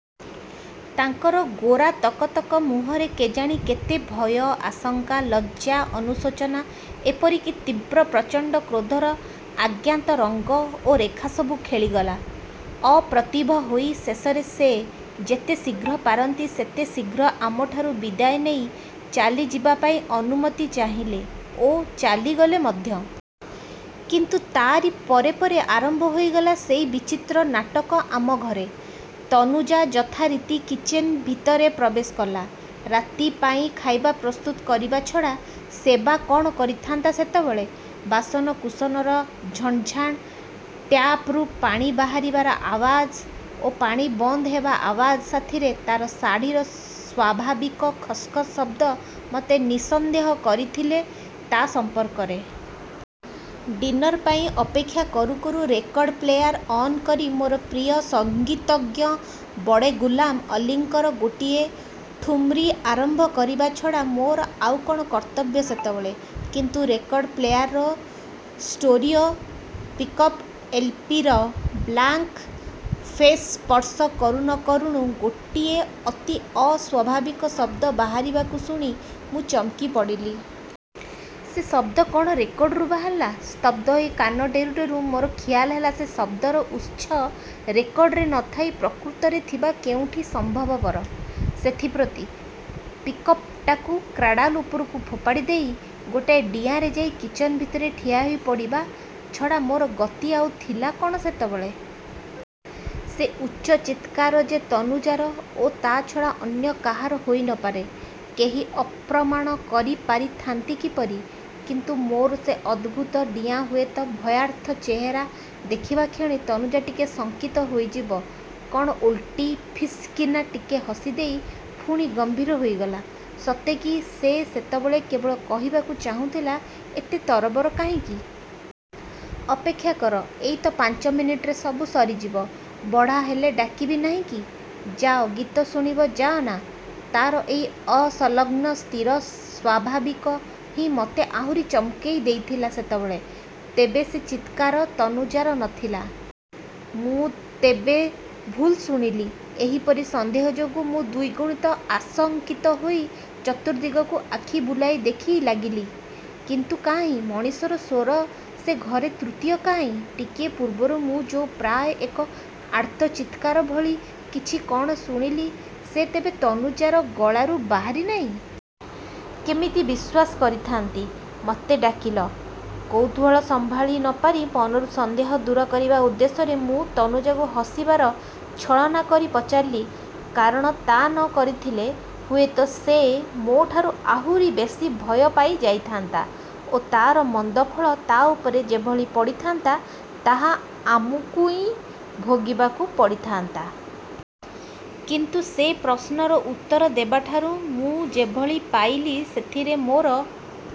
ତାଙ୍କର ଗୋରା ତକତକ ମୁହଁରେ କେଜାଣି କେତେ ଭୟ, ଆଶଙ୍କା, ଲଜ୍ଜ୍ୟା ଅନୁଶୋଚନା ଏପରି କି ତୀବ୍ର ପ୍ରଚଣ୍ଡ କ୍ରୋଧର ଆଜ୍ଞାତ ରଙ୍ଗ ଓ ରେଖାସବୁ ଖେଳିଗଲା। ଅପ୍ରତିଭ ହୋଇ ଶେଷରେ ସେ ଯେତେ ଶୀଘ୍ର ପାରନ୍ତି ସେତେ ଶୀଘ୍ର ଆମଠାରୁ ବିଦାୟ ନେଇ ଚାଲିଯିବାପାଇଁ ଅନୁମତି ଚାହିଁଲେ ଓ ଚାଲିଗଲେ ମଧ୍ୟ। କିନ୍ତୁ ତାରି ପରେ ପରେ ଆରମ୍ଭ ହୋଇଗଲା ସେଇ ବିଚିତ୍ର ନାଟକ ଆମ ଘରେ। ତନୁଜା ଯଥାରୀତି କିଚିନ୍ ଭିତରେ ପ୍ରବେଶ କଲା। ରାତି ପାଇଁ ଖାଇବା ପ୍ରସ୍ତୁତ କରିବା ଛଡ଼ା ସେବା କ'ଣ କରିଥାନ୍ତା ସେତେବେଳେ। ବାସନକୁସନର ଝଣଝାଣ୍, ଟ୍ୟାପ୍ରୁ ପାଣି ବାହାରିବାର ଆୱାଜ ଓ ପାଣି ବନ୍ଦ ହେବା ଆୱାଜ ସାଥୀରେ ତାର ଶାଢ଼ୀର ସ୍ଵାଭାବିକ ଖସ୍ ଖସ୍ ଶବ୍ଦ ମୋତେ ନିଃସନ୍ଦେହ କରିଥିଲେ ତା' ସମ୍ପର୍କରେ। ଡିନର ପାଇଁ ଅପେକ୍ଷା କରୁ କରୁ ରେକର୍ଡ଼ ପ୍ଲେୟାର ଅନ୍ କରି ମୋର ପ୍ରିୟ ସଙ୍ଗୀତଜ୍ଞ ବଡ଼େ ଗୁଲାମ ଅଲ୍ଲିଙ୍କର ଗୋଟିଏ ଠୁମ୍ରୀ ଆରମ୍ଭ କରିବା ଛଡ଼ା ମୋର ଆଉ କ'ଣ କର୍ତ୍ତବ୍ୟ ସେତେବେଳେ। କିନ୍ତୁ ରେକର୍ଡ଼ ପ୍ଲେୟାରର ଷ୍ଟୋରିଓ ପିକ୍ଅପ୍ ଏଲ୍. ପି. ର ବ୍ଳାଙ୍କ ଫେସ୍ ସ୍ପର୍ଶ କରୁ ନ କରୁଣୁ ଗୋଟିଏ ଅତି ଅସ୍ଵାଭିକ ଶବ୍ଦ ବାହାରିବାକୁ ଶୁଣି ମୁଁ ଚମକି ପଡ଼ିଲି। ସେ ଶବ୍ଦ କ'ଣ ରେକର୍ଡ଼ରୁ ବାହାରିଲା? ସ୍ତବ୍ଧ ହୋଇ କାନ ଡେରୁ ଡେରୁ ମୋର ଖିଆଲ ହେଲା-ସେ ଶବ୍ଦର ଉତ୍ସ ରେକର୍ଡ଼ରେ ନଥାଇ ପ୍ରକୃତରେ ଥିବା କେଉଁଠି ସମ୍ଭବପର, ସେଥିପ୍ରତି। ପିକ୍ଅପ୍ଟାକୁ କ୍ରାଡ଼ଲ ଉପରକୁ ଫୋପାଡ଼ି ଦେଇ ଗୋଟାଏ ଡିଆଁରେ ଯାଇ କିଚିନ୍ ଭିତରେ ଠିଆ ହୋଇପଡ଼ିବା ଛଡ଼ା ମୋର ଗତି ଆଉ ଥିଲା କ'ଣ ସେତେବେଳେ? ସେ ଉଚ୍ଚ ଚିତ୍କାର ଯେ ତନୁଜାର ଓ ତା' ଛଡ଼ା ଅନ୍ୟ କାହାର ହୋଇ ନପାରେ-କେହି ଅପ୍ରମାଣ କରିପାରିଥାନ୍ତି କିପରି? କିନ୍ତୁ ମୋର ସେ ଅଦ୍ଭୁତ ଡିଆଁ ହୁଏତ ଭୟାର୍ତ୍ତ ଚେହେରା ଦେଖିବାକ୍ଷଣି ତନୁଜା ନିଜେ ଶଙ୍କିତ ହୋଇଯିବ କଣ ଓଲଟି ଫିସିକିନା ଟିକେ ହସିଦେଇ ପୁଣି ଗମ୍ଭୀର ହୋଇଗଲା-ସତେକି ସେ ସେତେବେଳେ କେବଳ କହିବାକୁ ଚାହୁଁଥିଲା: ଏତେ ତରବର କାହିଁକି? ଅପେକ୍ଷା କର। ଏଇତ ପାଞ୍ଚ ମିନିଟରେ ସବୁ ସରିଯିବ। ବଢ଼ା ହେଲେ ଡାକିବି ନାହିଁ କି। ଯାଅ ଗୀତ ଶୁଣିବ ଯାଅ ନା। ତାର ଏଇ ଅସଲଗ୍ନ ସ୍ଥିର ସ୍ୱାଭାବିକ ହିଁ ମତେ ଆହୁରି ଚମକଇ ଦେଇଥିଲା ସେତେବେଳେ। ତେବେ ସେ ଚିତ୍କାର ତନୁଜାର ନଥିଲା। ମୁଁ ତେବେ ଭୁଲ ଶୁଣିଲି? ଏହିପରି ସନ୍ଦେହ ଯୋଗୁଁ ମୁଁ ଦ୍ଵିଗୁଣ ଆଶଙ୍କିତ ହୋଇ ଚତୁର୍ଦ୍ଦିଗକୁ ଆଖି ବୁଲାଇ ଦେଖି ଲାଗିଲି। କିନ୍ତୁ କାହିଁ-? ମଣିଷର ସ୍ୱର ସେ ଘରେ ତୃତୀୟ କାହିଁ? ଟିକିଏ ପୂର୍ବରୁ ମୁଁ ଯୋଉ ପ୍ରାୟ ଏକ ଆର୍ତ୍ତଚିତ୍କାର ଭଳି କିଛି କଅଣ ଶୁଣିଲି ସେ ତେବେ ତନୁଜାର ଗଳାରୁ ବାହାରି ନାହିଁ? -କେମିତି ବିଶ୍ୱାସ କରିଥାନ୍ତି। 'ମତେ ଡାକିଲ? ' କୌତୁହଳ ସମ୍ଭାଳି ନପାରି ମନରୁ ସନ୍ଦେହ ଦୂର କରିବା ଉଦ୍ଦେଶ୍ୟରେ ମୁଁ ତନୁଜାକୁ ହସିବାର ଛଳନା କରି ପଚାରିଲି, କାରଣ ତା ନ କରିଥିଲେ ହୁଏତ ସେ ମୋ ଠାରୁ ଆହୁରି ବେଶୀ ଭୟ ପାଇ ଯାଇଥାନ୍ତା ଓ ତାର ମନ୍ଦ ଫଳ ତା' ଉପରେ ଯେଭଳି ପଡ଼ିଥାନ୍ତା ତାହା ଆମକୁଇ ଭୋଗିବାକୁ ପଡ଼ିଥାନ୍ତା। କିନ୍ତୁ ସେ ପ୍ରଶ୍ନର ଉତ୍ତର ଦେବାଠାରୁ ମୁଁ ଯେଭଳି ପାଇଲି ସେଥିରେ ମୋର